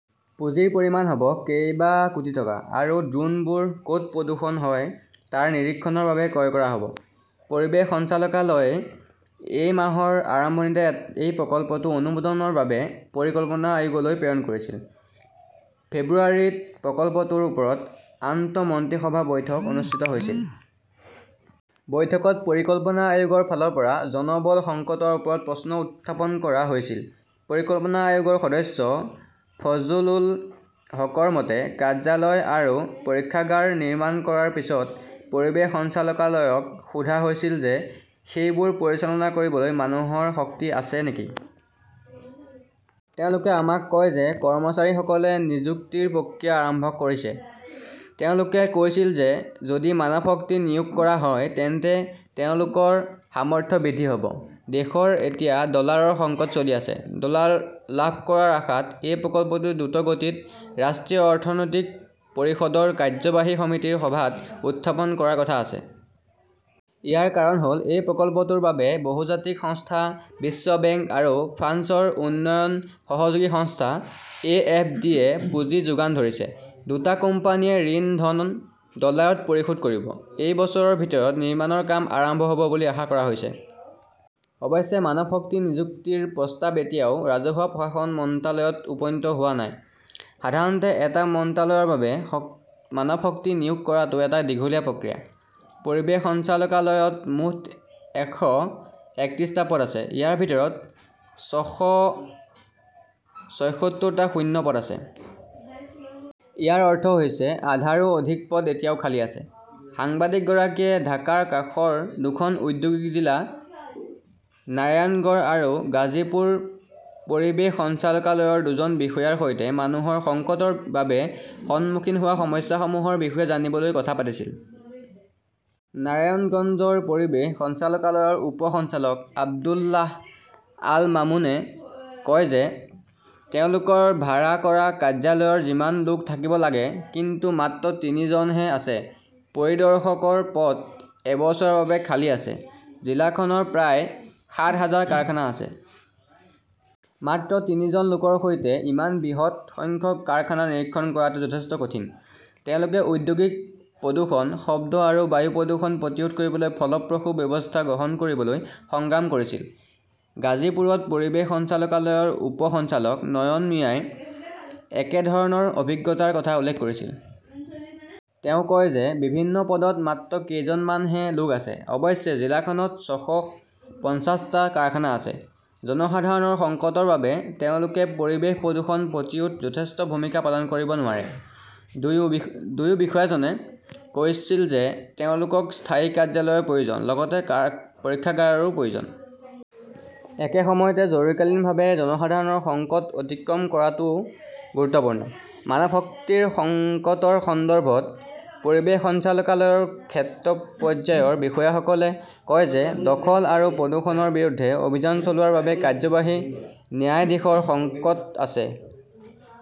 পুঁজিৰ পৰিমাণ হ'ব কেইবা কোটি টকা। আৰু ড্ৰোনবোৰ ক'ত প্ৰদূষণ হয় তাৰ নিৰীক্ষণৰ বাবে ক্ৰয় কৰা হ'ব। পৰিৱেশ সঞ্চালকালয়ই এই মাহৰ আৰম্ভণিতে এই প্ৰকল্পটো অনুমোদনৰ বাবে পৰিকল্পনা আয়োগলৈ প্ৰেৰণ কৰিছিল। ফেব্ৰুৱাৰীত প্ৰকল্পটোৰ ওপৰত আন্তঃমন্ত্ৰিসভা বৈঠক অনুষ্ঠিত হৈছিল। বৈঠকত পৰিকল্পনা আয়োগৰ ফালৰ পৰা জনবল সংকটৰ ওপৰত প্ৰশ্ন উত্থাপন কৰা হৈছিল। পৰিকল্পনা আয়োগৰ সদস্য ফজলুল হকৰ মতে, কাৰ্যালয় আৰু পৰীক্ষাগাৰ নিৰ্মাণ কৰাৰ পিছত পৰিৱেশ সঞ্চালকালয়ক সোধা হৈছিল যে সেইবোৰ পৰিচালনা কৰিবলৈ মানুহৰ শক্তি আছে নেকি? তেওঁলোকে আমাক কয় যে কৰ্মচাৰীসকলে নিযুক্তিৰ প্ৰক্ৰিয়া আৰম্ভ কৰিছে। তেওঁলোকে কৈছিল যে যদি মানৱশক্তি নিয়োগ কৰা হয় তেন্তে তেওঁলোকৰ সামৰ্থ্য বৃদ্ধি হ'ব। দেশত এতিয়া ডলাৰৰ সংকট চলি আছে। ডলাৰ লাভ কৰাৰ আশাত এই প্ৰকল্পটো দ্ৰুতগতিত ৰাষ্ট্ৰীয় অৰ্থনৈতিক পৰিষদৰ কাৰ্যবাহী সমিতিৰ সভাত উত্থাপন কৰাৰ কথা আছে। ইয়াৰ কাৰণ হ'ল এই প্ৰকল্পটোৰ বাবে বহুজাতিক সংস্থা বিশ্ব বেংক আৰু ফ্ৰান্সৰ উন্নয়ন সহযোগী সংস্থা এ. এফ. ডি. -য়ে পুঁজি যোগান ধৰিছে। দুটা কোম্পানীয়ে ঋণৰ ধন ডলাৰত পৰিশোধ কৰিব। এই বছৰৰ ভিতৰত নিৰ্মাণৰ কাম আৰম্ভ হ'ব বুলি আশা কৰা হৈছে। অৱশ্যে, মানৱশক্তি নিযুক্তিৰ প্ৰস্তাৱ এতিয়াও ৰাজহুৱা প্ৰশাসন মন্ত্ৰালয়ত উপনীত হোৱা নাই। সাধাৰণতে এটা মন্ত্ৰালয়ৰ বাবে মানৱশক্তি নিয়োগ কৰাটো এক দীঘলীয়া প্ৰক্ৰিয়া। পৰিৱেশ সঞ্চালকালয়ত মুঠ একশ তেত্ৰিশটা পদ আছে। ইয়াৰ ভিতৰত ছয়শ ছয়সত্তৰটা শূন্য পদ আছে। ইয়াৰ অৰ্থ হৈছে আধাৰো অধিক পদ এতিয়াও খালী আছে। সাংবাদিকগৰাকীয়ে ঢাকাৰ কাষৰ দুখন ঔদ্যোগিক জিলা নাৰায়ণগড় আৰু গাজীপুৰ পৰিৱেশ সঞ্চালকালয়ৰ দুজন বিষয়াৰ সৈতে মানুহৰ সংকটৰ বাবে সন্মুখীন হোৱা সমস্যাসমূহৰ বিষয়ে জানিবলৈ কথা পাতিছিল। নাৰায়ণগঞ্জৰ পৰিৱেশ সঞ্চালকালয়ৰ উপ সঞ্চালক আব্দুল্লাহ আল মামুনে কয় যে তেওঁলোকৰ ভাড়া কৰা কাৰ্যালয়ত যিমান লোক থাকিব লাগে কিন্তু মাত্ৰ তিনিজনহে আছে। পৰিদৰ্শকৰ পদ এবছৰৰ বাবে খালী আছে। জিলাখনৰ প্ৰায় সাত হাজাৰ কাৰখানা আছে। মাত্ৰ তিনিজন লোকৰ সৈতে ইমান বৃহৎ সংখ্যক কাৰখানা নিৰীক্ষণ কৰাটো যথেষ্ট কঠিন। তেওঁলোকে ঔদ্যোগিক প্ৰদূষণ, শব্দ আৰু বায়ু প্ৰদূষণ প্ৰতিৰোধ কৰিবলৈ ফলপ্ৰসূ ব্যৱস্থা গ্ৰহণ কৰিবলৈ সংগ্ৰাম কৰিছিল। গাজীপুৰত পৰিৱেশ সঞ্চালকালয়ৰ উপ সঞ্চালক নয়ন মিয়াই একেধৰণৰ অভিজ্ঞতাৰ কথা উল্লেখ কৰিছিল। তেওঁ কয় যে বিভিন্ন পদত মাত্ৰ কেইজনমানহে লোক আছে। অৱশ্যে, জিলাখনৰ ছয়শ‌ পঞ্চাশটা কাৰখানা আছে। জনসাধাৰণৰ সংকটৰ বাবে তেওঁলোকে পৰিৱেশ প্ৰদূষণ প্ৰতিৰোধত যথেষ্ট ভূমিকা পালন কৰিব নোৱাৰে। দুয়ো বিষয়াজনে কৈছিল যে তেওঁলোকক স্থায়ী কাৰ্যালয়ৰ প্ৰয়োজন, লগতে পৰীক্ষাগাৰৰো প্ৰয়োজন। একে সময়তে জৰুৰীকালীনভাৱে জনসাধাৰণৰ সংকট অতিক্ৰম কৰাটোও গুৰুত্বপূৰ্ণ। মানৱশক্তিৰ সংকটৰ সন্দৰ্ভত পৰিৱেশ সঞ্চালকালয়ৰ ক্ষেত্ৰ পৰ্যায়ৰ বিষয়াসকলে কয় যে দখল আৰু প্ৰদূষণৰ বিৰুদ্ধে অভিযান চলোৱাৰ বাবে কাৰ্যবাহী ন্যায়াধীশৰ সংকট আছে।